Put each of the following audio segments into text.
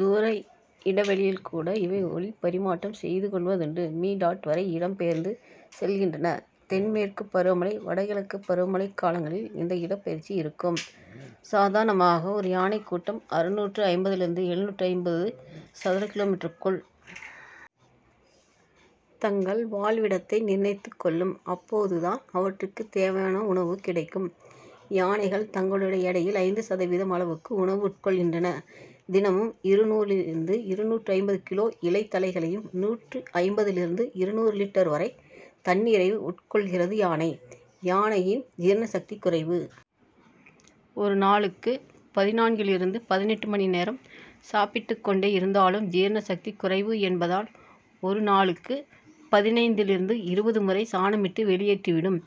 தூர இடைவெளியில் கூட இவை ஒலிப்பரிமாற்றம் செய்து கொள்வதுண்டு. மீ. வரை இடம் பெயர்ந்து செல்கின்றன. தென் மேற்குப் பருவமழை வட கிழக்குப் பருவமழைக் காலங்களில் இந்த இடப் பெயர்ச்சி இருக்கும். சாதாரணமாக ஒரு யானைக் கூட்டம் அறுநூற்று ஐம்பதிலிருந்து எழுநூற்று ஐம்பது சதுர கிலோமீட்டருக்குள். தங்கள் வாழ்விடத்தை நிர்ணயித்துக்கொள்ளும். அப்போதுதான் அவற்றுக்குத்தேவையான உணவு கிடைக்கும். யானைகள் தங்களுடைய எடையில் ஐந்து சதவீதம் அளவுக்கு உணவு உட்கொள்கின்றன. தினமும் இருநூறிலிருந்து இருநூற்று ஐம்பது கிலோ. இலை தழைகளையும் நூற்று ஐம்பதிலிருந்து இருநூறு லிட்டர்.வரை தண்ணீரையும் உட்கொள்கிறது யானை. யானையின் ஜீரண சக்தி குறைவு. ஒரு நாளுக்கு பதினான்கிலிருந்து பதினெட்டு மணி நேரம். சாப்பிட்டுக்கொண்டே இருந்தாலும் ஜீரண சக்தி குறைவு என்பதால் ஒரு நாளுக்கு பதினைந்திலிருந்து இருபது முறை சாணமிட்டு. வெளியேற்றிவிடும்.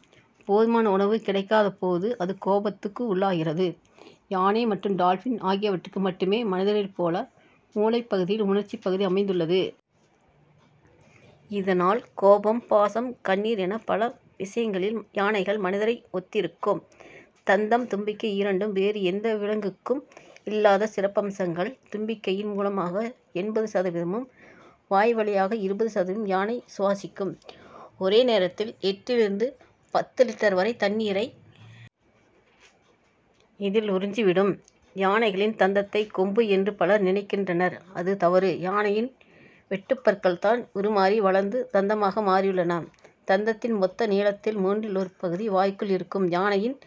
போதுமான உணவு கிடைக்காத போது அது கோபத்துக்கு உள்ளாகிறது. யானை மற்றும் டால்பின் ஆகியவற்றுக்கு மட்டுமே மனிதர்களைப் போல மூளைப்பகுதியில் உணர்ச்சிப் பகுதி அமைந்துள்ளது. இதனால் கோபம், பாசம், கண்ணீர் என பல விஷயங்களில் யானைகள் மனிதரை ஒத்திருக்கும். தந்தம் தும்பிக்கை இரண்டும் வேறு எந்த விலங்குக்கும் இல்லாத சிறப்பம்சங்கள் தும்பிக்கையின் மூலமாக எண்பது சதவீதமும், வாய் வழியாக இருபது சதவீதமும். யானை சுவாசிக்கும். ஒரே நேரத்தில் எட்டிலிருந்து பத்து லிட்டர் வரை தண்ணீரை. இதில் உறிஞ்சி விடும். யானைகளின் தந்தத்தை கொம்பு என்று பலர் நினைக்கின்றனர் அது தவறு. யானையின் வெட்டுப் பற்கள்தான் உருமாறி வளர்ந்து தந்தமாக மாறியுள்ளன. தந்தத்தின் மொத்த நீளத்தில் மூன்றில் ஒரு பகுதி வாய்க்குள் இருக்கும். யானையின்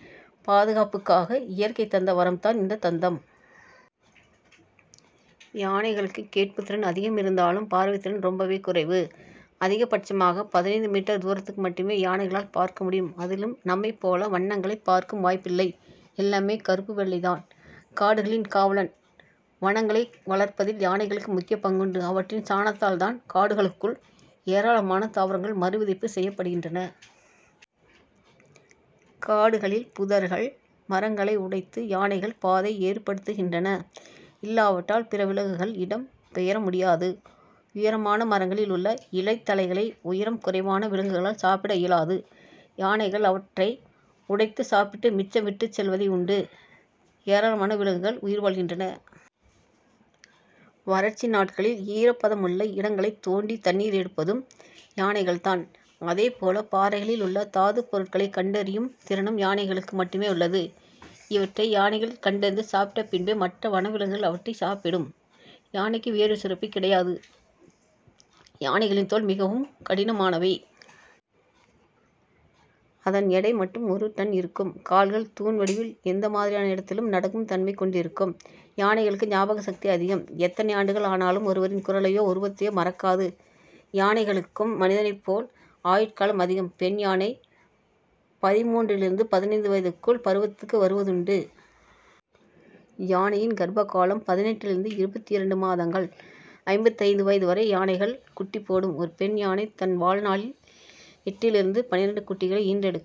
பாதுகாப்புக்காக இயற்கை தந்த வரம்தான் இந்த தந்தம். யானைகளுக்கு கேட்புத் திறன் அதிகமிருந்தாலும் பார்வைத்திறன் ரொம்பவே குறைவு. அதிகபட்சமாக பதினைந்து மீட்டர் தூரத்துக்கு. மட்டுமே யானைகளால் பார்க்க முடியும். அதிலும் நம்மைப் போல வண்ணங்களைப் பார்க்கும் வாய்ப்பில்லை. எல்லாமே கறுப்பு வெள்ளைதான். காடுகளின் காவலன் வனங்களை வளர்ப்பதில் யானைகளுக்கு முக்கியப் பங்குண்டு. அவற்றின் சாணத்தால்தான் காடுகளுக்குள் ஏராளமான தாவரங்கள் மறு விதைப்பு செய்யப்படுகின்றன. காடுகளில் புதர்கள் மரங்களை உடைத்து யானைகள் பாதை ஏற்படுத்துகின்றன. இல்லாவிட்டால் பிற விலங்குகள் இடம் பெயர முடியாது. உயரமான மரங்களில் உள்ள இலை தழைகளை உயரம் குறைவான விலங்குகளால் சாப்பிட இயலாது. யானைகள் அவற்றை உடைத்துச் சாப்பிட்டு மிச்சம் விட்டுச் செல்வதை உண்டு ஏராளமான விலங்குகள் உயிர் வாழ்கின்றன. வறட்சி நாட்களில் ஈரப்பதமுள்ள இடங்களைத் தோண்டி தண்ணீர் எடுப்பதும் யானைகள்தான். அதேபோல பாறைகளில் உள்ள தாதுப் பொருட்களை கண்டறியும் திறனும் யானைகளுக்கு மட்டுமே உள்ளது. இவற்றை யானைகள் கண்டறிந்து, சாப்பிட்ட பின்பே, மற்ற வன விலங்குகள் அவற்றைச் சாப்பிடும். யானைக்கு வியர்வைச் சுரப்பி கிடையாது. யானைகளின் தோல் மிகவும் கடினமானவை. அதன் எடை மட்டும் ஒரு டன் இருக்கும். கால்கள் தூண் வடிவில் எந்த மாதிரியான இடத்திலும் நடக்கும் தன்மை கொண்டிருக்கும். யானைகளுக்கு ஞாபக சக்தி அதிகம். எத்தனை ஆண்டுகள் ஆனாலும் ஒருவரின் குரலையோ, உருவத்தையோ மறக்காது. யானைகளுக்கும் மனிதனைப்போல் ஆயுட்காலம் அதிகம். பெண் யானை பதின்மூன்றிலிருந்து பதினைந்து வயதுக்குள் பருவத்துக்கு வருவதுண்டு. யானையின் கர்ப்ப காலம் பதினெட்டிலிருந்து இருபத்தி இரண்டு மாதங்கள். ஐம்பத்து ஐந்து வயது வரை. யானைகள் குட்டி போடும். ஒரு பெண் யானை தன் வாழ் நாளில்எட்டிலிருந்து பன்னிரண்டு குட்டிகளை ஈன்றெடுக்கும்.